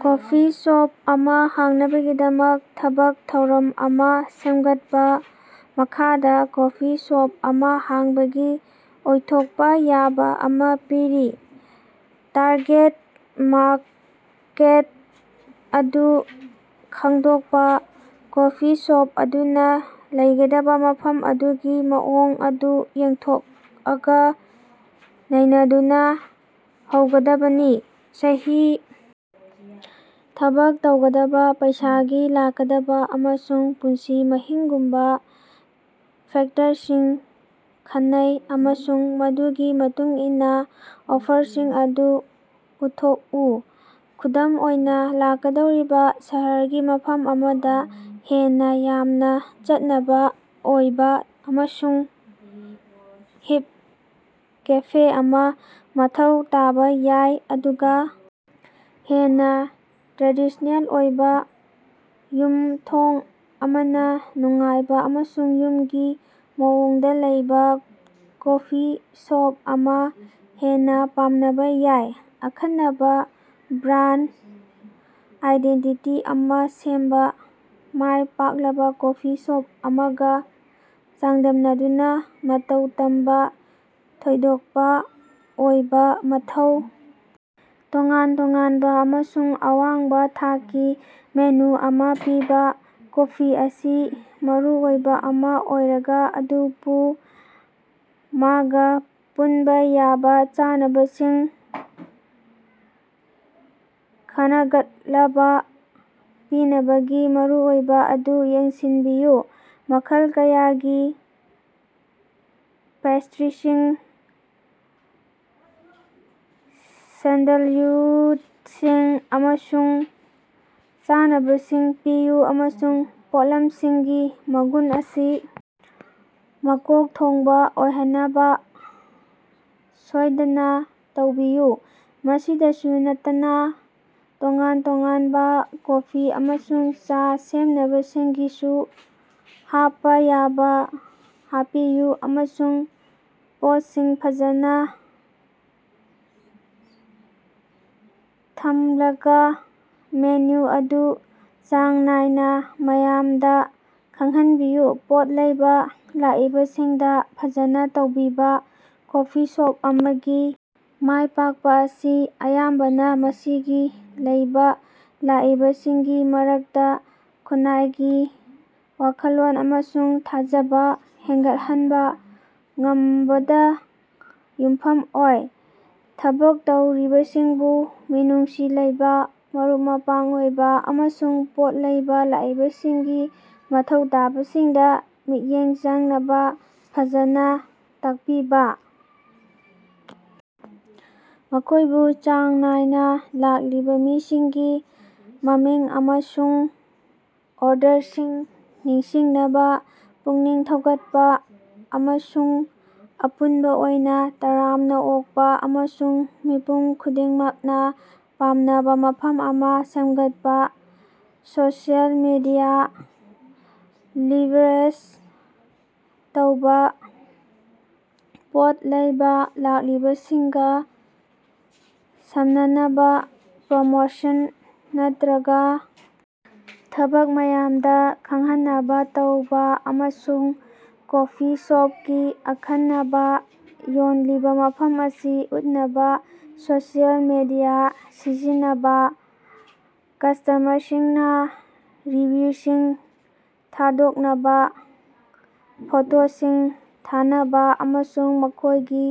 Coffee shop ꯑꯃ ꯍꯥꯡꯅꯕꯒꯤꯗꯃꯛ ꯊꯕꯛ ꯊꯧꯔꯝ ꯑꯃ ꯁꯦꯝꯒꯠꯄ꯫ ꯃꯈꯥꯗ ꯀꯣꯐꯤ ꯁꯣꯞ ꯑꯃ ꯍꯥꯡꯕꯒꯤ ꯑꯣꯏꯊꯣꯛꯄꯥ ꯌꯥꯕ ꯑꯃ ꯄꯤꯔꯤ ꯇꯥꯔꯒꯦꯠ ꯃꯥꯔꯀꯦꯠ ꯑꯗꯨ ꯈꯪꯗꯣꯛꯄ ꯀꯣꯐꯤ ꯁꯣꯞ ꯑꯗꯨꯅ ꯂꯩꯒꯗꯕ ꯃꯐꯝ ꯑꯗꯨꯒꯤ ꯃꯑꯣꯡ ꯑꯗꯨ ꯌꯦꯛꯊꯣꯛꯑꯒ ꯅꯩꯅꯗꯨꯅ ꯍꯧꯒꯗꯕꯅꯤ꯫ ꯆꯍꯤ, ꯊꯕꯛ ꯇꯧꯒꯗꯕ, ꯄꯩꯁꯥꯒꯤ ꯂꯥꯛꯀꯗꯕ ꯑꯃꯁꯨꯡ ꯄꯨꯟꯁꯤ ꯃꯍꯤꯡꯒꯨꯝꯕꯥ ꯐꯦꯛꯇꯔꯁꯤꯡ ꯈꯟꯅꯧ ꯑꯃꯁꯨꯡ ꯃꯗꯨꯒꯤ ꯃꯇꯨꯡꯏꯟꯅ ꯑꯣꯐꯔꯁꯤꯡ ꯑꯗꯨ ꯎꯠꯊꯣꯛꯎ꯫ ꯈꯨꯗꯝ ꯑꯣꯏꯅ ꯂꯥꯛꯀꯗꯧꯔꯤꯕꯥ ꯁꯍꯔꯒꯤ ꯃꯐꯝ ꯑꯃꯗ ꯍꯦꯟꯅ ꯌꯥꯝꯅ ꯆꯠꯅꯕ ꯑꯣꯏꯕ ꯑꯃꯁꯨꯡ ꯍꯤꯞ ꯀꯦꯐꯦ ꯑꯃ ꯃꯊꯧ ꯇꯥꯕ ꯌꯥꯏ ꯑꯗꯨꯒ ꯍꯦꯟꯅ ꯇ꯭ꯔꯦꯗꯤꯁꯅꯦꯜ ꯑꯣꯏꯕ ꯌꯨꯝ ꯊꯣꯡ ꯑꯃꯅ ꯅꯨꯡꯉꯥꯏꯕ ꯑꯃꯁꯨꯡ ꯌꯨꯝꯒꯤ ꯃꯑꯣꯡꯗ ꯂꯩꯕꯥ ꯀꯣꯐꯤ ꯁꯣꯞ ꯑꯃ ꯍꯦꯟꯅ ꯄꯥꯝꯅꯕ ꯌꯥꯏ꯫ ꯑꯈꯟꯅꯕ ꯕ꯭ꯔꯥꯟꯗ ꯑꯥꯏꯗꯦꯟꯇꯤꯇꯤ ꯑꯃꯥ ꯁꯦꯝꯕ ꯃꯥꯢ ꯄꯥꯛꯂꯕ ꯀꯣꯐꯤ ꯁꯣꯞ ꯑꯃꯒ ꯆꯥꯡꯗꯝꯅꯗꯨꯅ ꯃꯇꯧ ꯇꯝꯕ ꯊꯣꯏꯗꯣꯛꯄ ꯑꯣꯏꯕꯥ ꯃꯊꯧ ꯇꯣꯉꯥꯟ ꯇꯣꯉꯥꯟꯕ ꯑꯃꯁꯨꯡ ꯑꯋꯥꯡꯕ ꯊꯥꯛꯀꯤ ꯃꯦꯅꯨ ꯑꯃ ꯄꯤꯕꯥ꯫ ꯀꯣꯐꯤ ꯑꯁꯤ ꯃꯔꯨꯑꯣꯏꯕ ꯑꯃ ꯑꯣꯏꯔꯒ ꯑꯗꯨꯕꯨ ꯃꯥꯒ ꯄꯨꯟꯕ ꯌꯥꯕ ꯆꯥꯅꯕꯁꯤꯡ ꯈꯅꯒꯠꯂꯕ ꯄꯤꯅꯕꯒꯤ ꯃꯔꯨꯑꯣꯏꯕꯥ ꯑꯗꯨ ꯌꯦꯡꯁꯤꯟꯕꯤꯎ꯫ ꯃꯈꯜ ꯀꯌꯥꯒꯤ ꯄꯦꯁꯇ꯭ꯔꯤꯁꯤꯡ, ꯁꯦꯟꯗꯜꯋꯨꯗꯁꯤꯡ ꯑꯃꯁꯨꯡ ꯆꯥꯅꯕꯁꯤꯡ ꯄꯤꯌꯨ ꯑꯃꯁꯨꯡ ꯄꯣꯠꯂꯝꯁꯤꯡꯒꯤ ꯃꯒꯨꯟ ꯑꯁꯤ ꯃꯀꯣꯛ ꯊꯣꯡꯕꯥ ꯑꯣꯏꯍꯟꯅꯕ ꯁꯣꯏꯗꯅꯥ ꯇꯧꯕꯤꯌꯨ꯫ ꯃꯁꯤꯗꯁꯨ ꯅꯠꯇꯅꯥ ꯇꯣꯉꯥꯟ-ꯇꯣꯉꯥꯟꯕꯥ ꯀꯣꯐꯤ ꯑꯃꯁꯨꯡ ꯆꯥ ꯁꯦꯝꯅꯕꯁꯤꯡꯒꯤꯁꯨ ꯍꯥꯞꯄ ꯌꯥꯕ ꯍꯥꯞꯄꯤꯎ ꯑꯃꯁꯨꯡ ꯄꯣꯠꯁꯤꯡ ꯐꯖꯅ ꯊꯝꯅꯂꯒ ꯃꯦꯅꯨ ꯑꯗꯨ ꯆꯥꯡ ꯅꯥꯏꯅ ꯃꯌꯥꯝꯗ ꯈꯪꯍꯟꯕꯤꯌꯨ꯫ ꯄꯣꯠ ꯂꯩꯕ ꯂꯥꯛꯏꯕꯁꯤꯡꯗ ꯐꯖꯅ ꯇꯧꯕꯤꯕ ꯀꯣꯐꯤ ꯁꯣꯞ ꯑꯃꯒꯤ ꯃꯥꯢ ꯄꯥꯛꯄ ꯑꯁꯤ ꯑꯌꯥꯝꯕꯅ ꯃꯁꯤꯒꯤ ꯂꯩꯕ ꯂꯥꯛꯏꯕꯁꯤꯡꯒꯤ ꯃꯔꯛꯇ ꯈꯨꯟꯅꯥꯏꯒꯤ ꯋꯥꯈꯜꯂꯣꯟ ꯑꯃꯁꯨꯡ ꯊꯥꯖꯕꯥ ꯍꯦꯟꯒꯠꯍꯟꯕ ꯉꯝꯕꯗ ꯌꯨꯝꯐꯝ ꯑꯣꯏ꯫ ꯊꯕꯛ ꯇꯧꯔꯤꯕꯁꯤꯡꯕꯨ ꯃꯤꯅꯨꯡꯁꯤ ꯂꯩꯕꯥ ꯃꯔꯨꯞ-ꯃꯄꯥꯡ ꯑꯣꯏꯕ ꯑꯃꯁꯨꯡ ꯄꯣꯠ ꯂꯩꯕ ꯂꯥꯛꯏꯕꯁꯤꯡꯒꯤ ꯃꯊꯧ ꯇꯥꯕꯁꯤꯡꯗ ꯃꯤꯠꯌꯦꯡ ꯆꯪꯅꯕ ꯐꯖꯅ ꯇꯥꯛꯄꯤꯕ ꯫ ꯃꯈꯣꯢꯕꯨ ꯆꯥꯡ ꯅꯥꯢꯅ ꯂꯥꯛꯂꯤꯕ ꯃꯤꯁꯤꯡꯒꯤ ꯃꯃꯤꯡ ꯑꯃꯁꯨꯡ ꯑꯣꯔꯗꯔꯁꯤꯡ ꯅꯤꯡꯁꯤꯡꯅꯕ ꯄꯨꯛꯅꯤꯡ ꯊꯧꯒꯠꯄ ꯑꯃꯁꯨꯡ ꯑꯄꯨꯟꯕ ꯑꯣꯏꯅ ꯇꯔꯥꯝꯅ ꯑꯣꯛꯄ ꯑꯃꯁꯨꯡ ꯃꯤꯄꯨꯝ ꯈꯨꯗꯤꯡꯃꯛꯅ ꯄꯥꯝꯅꯕ ꯃꯐꯝ ꯑꯃ ꯁꯦꯝꯒꯠꯄꯥ꯫ ꯁꯣꯁꯤꯑꯦꯜ ꯃꯤꯗꯤꯌꯥ ꯂꯤꯚꯔꯔꯦꯖ ꯇꯧꯕꯥ ꯄꯣꯠ ꯂꯩꯕ ꯂꯥꯛꯂꯤꯕꯁꯤꯡꯒ ꯁꯝꯅꯅꯕ ꯄ꯭ꯔꯃꯣꯁꯟ ꯅꯠꯇ꯭ꯔꯒ ꯊꯕꯛ ꯃꯌꯥꯝꯗ ꯈꯪꯍꯟꯅꯕ ꯇꯧꯕ ꯑꯃꯁꯨꯡ ꯀꯣꯐꯤ ꯁꯣꯞꯀꯤ ꯑꯈꯟꯅꯕ ꯌꯣꯟꯂꯤꯕ ꯃꯐꯝ ꯑꯁꯤ ꯎꯠꯅꯕ ꯁꯣꯁꯤꯑꯦꯜ ꯃꯤꯗꯤꯌꯥ ꯁꯤꯖꯤꯟꯅꯕꯥ꯫ ꯀꯁꯇꯃꯔꯁꯤꯡꯅꯥ ꯔꯤꯚꯤꯌꯨꯁꯤꯡ ꯊꯥꯗꯣꯛꯅꯕ ꯐꯣꯇꯣꯁꯤꯡ ꯊꯥꯅꯕ ꯑꯃꯁꯨꯡ ꯃꯈꯣꯢꯒꯤ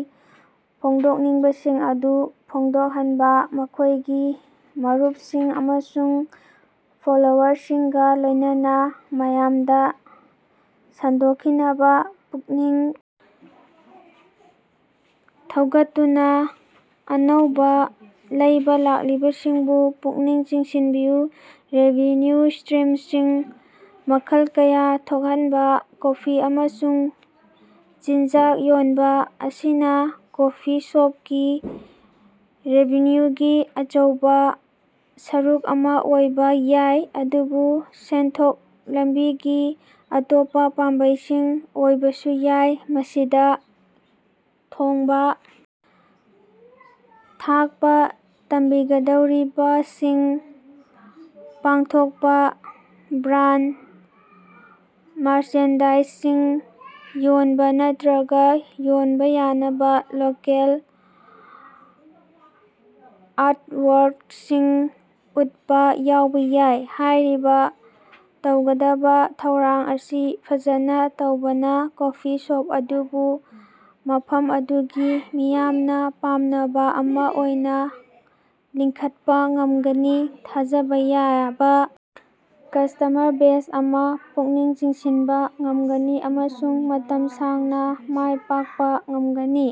ꯐꯣꯡꯗꯣꯛꯅꯤꯡꯕꯁꯤꯡ ꯑꯗꯨ ꯐꯣꯡꯗꯣꯛꯍꯟꯕ ꯃꯈꯣꯢꯒꯤ ꯃꯔꯨꯞꯁꯤꯡ ꯑꯃꯁꯨꯡ ꯐꯣꯂꯣꯋꯔꯁꯤꯡꯒ ꯂꯣꯢꯅꯅ ꯃꯌꯥꯝꯗ ꯁꯟꯗꯣꯛꯈꯤꯅꯕ ꯄꯨꯛꯅꯤꯡ ꯊꯧꯒꯠꯇꯨꯅ ꯑꯅꯧꯕ ꯂꯩꯕ ꯂꯥꯛꯄꯁꯤꯡꯕꯨ ꯄꯨꯛꯅꯤꯡ ꯆꯤꯡꯁꯤꯟꯕꯤꯌꯨ꯫ ꯔꯦꯚꯤꯟꯌꯨ ꯁꯇ꯭ꯔꯤꯝꯁꯤꯡ ꯃꯈꯜ ꯀꯌꯥ ꯊꯣꯛꯍꯟꯕ ꯀꯣꯐꯤ ꯑꯃꯁꯨꯡ ꯆꯤꯟꯖꯥꯛ ꯌꯣꯟꯕ ꯑꯁꯤꯅ ꯀꯣꯐꯤ ꯁꯣꯞꯀꯤ ꯔꯦꯚꯤꯟꯌꯨꯒꯤ ꯑꯆꯧꯕꯥ ꯁꯔꯨꯛ ꯑꯃ ꯑꯣꯏꯕ ꯌꯥꯏ ꯑꯗꯨꯕꯨ ꯁꯦꯟꯊꯣꯛ ꯂꯝꯕꯤꯒꯤ ꯑꯇꯣꯞꯄ ꯄꯥꯝꯕꯩꯁꯤꯡ ꯑꯣꯢꯕꯁꯨ ꯌꯥꯢ꯫ ꯃꯁꯤꯗꯥ ꯊꯣꯡꯕ ꯊꯥꯛꯄ ꯇꯝꯕꯤꯕꯒꯤꯊꯧꯔꯝꯁꯤꯡ ꯄꯥꯡꯊꯣꯛꯄ ꯕ꯭ꯔꯥꯟꯗ ꯃꯥꯔꯆꯦꯟꯗꯥꯏꯖꯁꯤꯡ ꯌꯣꯟꯕ ꯅꯠꯇ꯭ꯔꯒ ꯌꯣꯟꯕ ꯌꯥꯅꯕ ꯂꯣꯀꯦꯜ ꯑꯥꯔꯇꯋꯥꯔ꯭ꯀꯁꯤꯡ ꯎꯠꯄ ꯌꯥꯎꯕ ꯌꯥꯏ꯫ ꯍꯥꯏꯔꯤꯕ ꯇꯧꯒꯗꯕ ꯊꯧꯔꯥꯡ ꯑꯁꯤ ꯐꯖꯅ ꯇꯧꯕꯅ ꯀꯣꯐꯤ ꯁꯣꯞ ꯑꯗꯨꯕꯨ ꯃꯐꯝ ꯑꯗꯨꯒꯤ ꯃꯤꯌꯥꯝꯅ ꯄꯥꯝꯅꯕ ꯑꯃ ꯑꯣꯏꯅ ꯂꯤꯡꯈꯠꯄ ꯉꯝꯒꯅꯤ ꯊꯥꯖꯕ ꯌꯥꯕ ꯀꯁꯇꯃꯔ ꯕꯦꯖ ꯑꯃ ꯄꯨꯛꯅꯤꯡ ꯆꯤꯡꯁꯤꯟꯕ ꯉꯝꯒꯅꯤ ꯑꯃꯁꯨꯡ ꯃꯇꯝ ꯁꯥꯡꯅ ꯃꯥꯢ ꯄꯥꯛꯄ ꯉꯝꯒꯅꯤ꯫